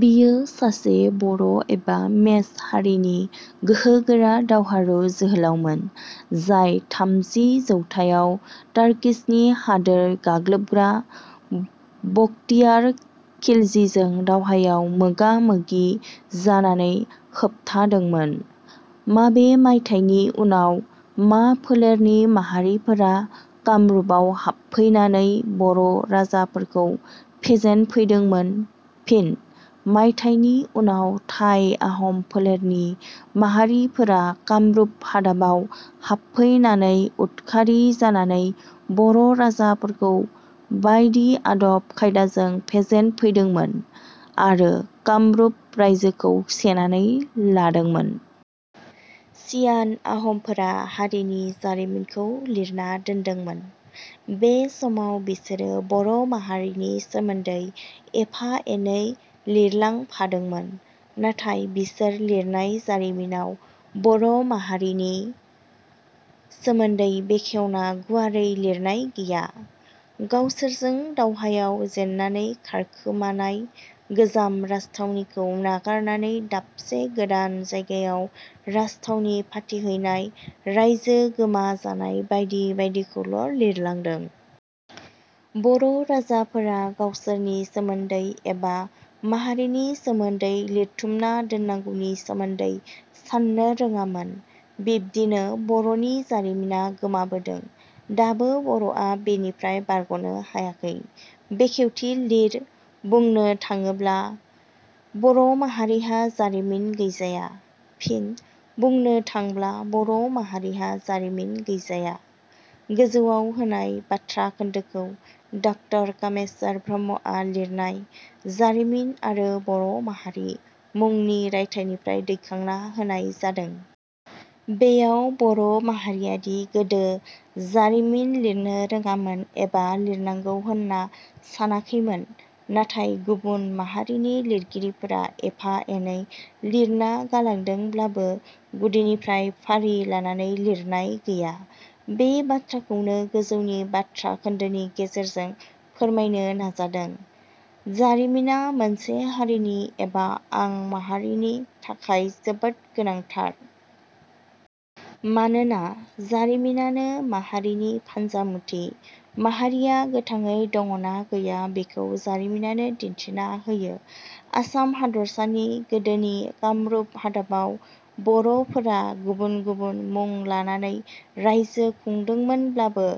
बियो सासे बर' एबा मेछ हारिनि गोहोगोरा दावहारु जोहोलावमोन, जाय थामजि जौथायाव तार्किसनि हादोर गाग्लोबग्रा बकटियार खिलजिजों दावहायाव मोगा-मोगि जानानै होबथादोंमोन।. माबे मायथाइनि उनाव मा फोलेरनि माहारिफ्रा कामरुपाव हाबफैनानै बर' राजाफोरखौ फेजेनफैदोंमोन? फिन: मायथाइनि उनाव थाइ आह'म फोलेरनि माहारिफोरा कामरूप हादाबाव हाबफैनानै उतखारि जानानै बर' राजाफोरखौ बायदि आदब खायदाजों फेजेनफैदोंमोन आरो कामरुप राइजोखौ सेनानै लादोंमोन। सियान आह'मफोरा हारिनि जारिमिनखौ लिरना दोनदोंमोन। बे समाव बिसोरो बर' माहारिनि सोमोन्दै एफा एनै लिरलांफादोंमोन। नाथाय बिसोर लिरनाय जारिमिनाव बर' महारिनि सोमोन्दै बेखेवना गुवारै लिरनाय गैया। गावसोरजों दावहायाव जेननानै खारखोमानाय, गोजाम राजथावनिखौ नागारनानै दाबसे गोदान जायगायाव राजथावनि फाथिहैनाय, राइजो गोमा जानाय बायदि बायदिखौल' लिरलांदों। बर' राजाफोरा गावसोरनि सोमोन्दै एबा माहारिनि सोंमोन्दै लिरथुमना दोननांगौनि सोमोन्दै साननो रोङामोन। बिब्दिनो बर'नि जारिमिना गोमाबोदों। दाबो बर'आ बेनिफ्राय बारग'नो हायाखै। बेखेवथि लिर बुंनो थांब्ला बर' माहारिहा जारिमिन गैजाया। फिन: "बुंनो थांब्ला बर' माहारिहा जारिमिन गैजाया" गोजौआव होनाय बाथ्रा खोन्दोखौ ड कामेस्वर ब्रह्मआ लिरनाय "जारिमिन आरो बर' माहारि" मुंनि रायथाइनिफ्राय दैखांना होनाय जादों। बेयाव बर' माहारियादि गोदो जारिमिन लिरनो रोङामोन एबा लिरनांगौ होनना सानाखैमोन नाथाइ गुबुन माहारिनि लिरगिरिफ्रा एफा एनै लिरना गालांदोंब्लाबो गुदिनिफ्राय फारि लानानै लिरनाय गैया, बे बाथ्राखौनो गोजौनि बाथ्रा खोन्दोनि गेजेरजों फोरमायनो नाजादों। जारिमिना मोनसे हारिनि एबा आं माहारिनि धाखाय जोबोद गोनांथार। मानोना जारिमिनानो माहारिनि फान्जामुथि। माहारिया गोथाङै दङ'ना गैया बेखौ जारिमिनानो दिन्थिना होयो। आसाम हादारसानि गोदोनि कामरुप हादाबाव बर'फोरा गुबुन गुबुन मुं लानै रायजो खुंदोंमोनब्लाबो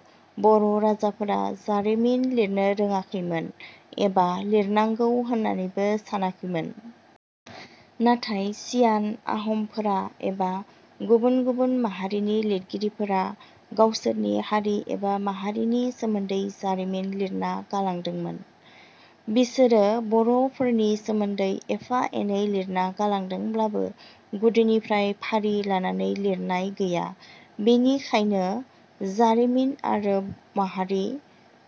बर' राजाफोरा जारिमिन लिरनो रोङाखैमोन एबा लिरनांगौ होननैबो सानाखैमोन। नाथाइ सियान आहमफोरा एबा गुबुन गुबुन माहारिनि लिरगिरिफोरा गावसोरनि हारि एबा माहारिनि सोमोन्दै जारिमिन लिरना गालांमदोंमोन। बिसोरो बर'फोरनि सोमोन्दै एफा एनै लिरना गालांदोंब्लाबो गुदिनिफ्राय फारि लानानै लिरनाय गैया। बेनिखायनो "जारिमिन आरो बर' माहारि"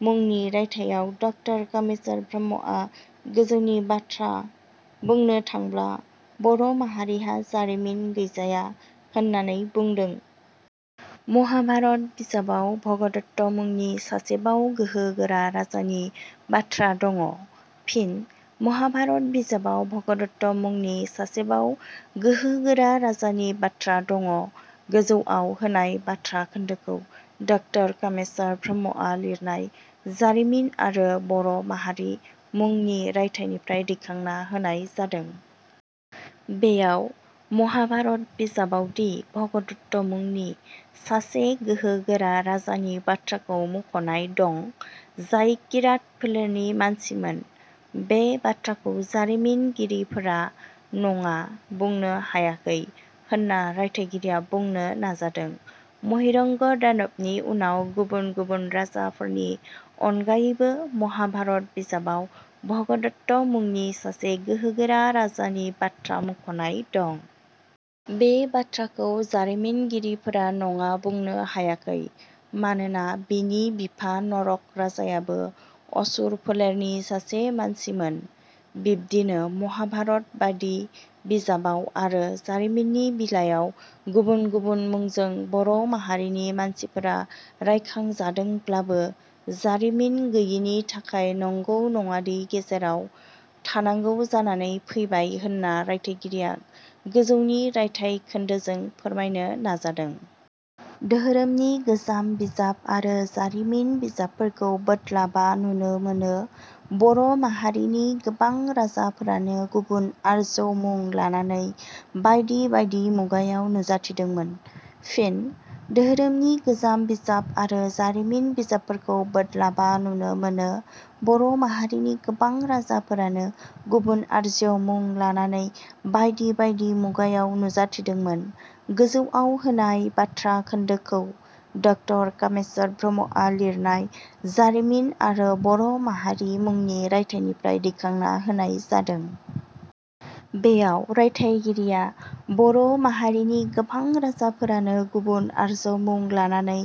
मुंनि रायथायाव ड कामेस्वर ब्रह्मआ गोजौनि बाथ्रा "बुंनो थांब्ला बर' माहारिहा जारिमिन गैजाया" होननानै बुंदों। महाभारत बिजाबाव 'भगदत्त' मुंनि सासेबाव गोहो गोरा राजानि बाथ्रा दङ'। फिन: "महाभारत बिजाबाव 'भगदत्त' मुंनि सासेबाव गोहो गोरा राजानि बाथ्रा दङ'" गोजौआव होनाय बाथ्रा खोन्दोखौ ड कामेस्वर ब्रह्मआ लिरनाय "जारिमिन आरो बर' माहारि" मुंनि रायथाइनिफ्राय दैखांना होनाय जादों। बेयाव "महाभारत" बिजाबावदि 'भगदत्त' मुंनि सासे गोहोगोरा राजानि बाथ्राखौ मुंखनाय दं जाय 'किरात फोलेरनि मानसिमोन, -बे बाथ्राखौ जारिमिनगिरिफोरा नंङा बुंनो हायाखै होनना रायथाइगिरिया बुंनो नाजादों। महिरंग' दानाबनि उनाव गुबुन गुबुन राजाफोरनि अनगायैबो 'महाभारत' बिजाबाव 'भगदत्त' मुंनि सासे गोहोगोरा राजानि बाथ्रा मुंखनाय दं। बे बाथ्राखौ जारिमिनगिरिफोरा नङा बुंनो हायाखै। मानोना बिनि बिफा 'नरक' राजायाबो असुर फोलेरनि सासे मानसिमोन। बिब्दिनो 'माहाभारत' बादि बिजजाबाव आरो जारिमिननि बिलायाव गुबुन गुबुन मुंजों बर' माहारिनि मानसिफोरा रायखांजादोंब्लाबो जारिमिन गैयिनि थाखाय नंगौ नङादि गेजेराव थांनांगौ जानानै फैबाय होनना रायथाइगिरिया गोजौनि रायथाइ खोनदोजों फोरमायनो नाजादों। दोहोरोमनि गोजाम बिजाब आरो जारिमिन बिजाबफोरखौ बोदलाबा नुनो मोनो, -बर' माहारिनि गोबां राजाफोरानो गुबुन आर्ज्य मुं लानानै बायदि बायदि मुगायाव नुजाथिदोंमोन। फिन: "दोहोरोमनि गोजाम बिजाब आरो जारिमिन बिजाबफोरखौ बोदलाबा नुनो मोनो, -बर' माहारिनि गोबां राजाफोरानो गुबुन आर्ज्य मुं लानानै बायदि बायदि मुगायाव नुजाथिदोंमोन" गोजौआव होनाय बाथ्रा खोन्दोखौ ड कामेस्वर ब्रह्मआ लिरनाय "जारिमिन आरो बर' माहारि" मुंनि रायथाइनिफ्राय दैखांना होनाय जादों। बेयाव रायथाइगिरिया बर' माहारिनि गोबां राजाफोरानो गुबुन आर्ज्य मुं लानानै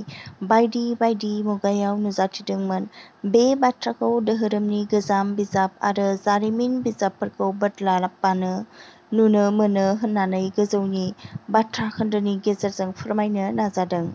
बायदि बायदि मुगायाव नुजाथिदोंमोन, -बे बाथ्राखौ दोहोरोमनि गोजाम बिजाब आरो जारिमिन बिजबफोरखौ बोदलाबानो नुनो मोनो होननानै गोजौनि बाथ्राखोन्दोनि गेजेरजों फोरमायनो नाजादों।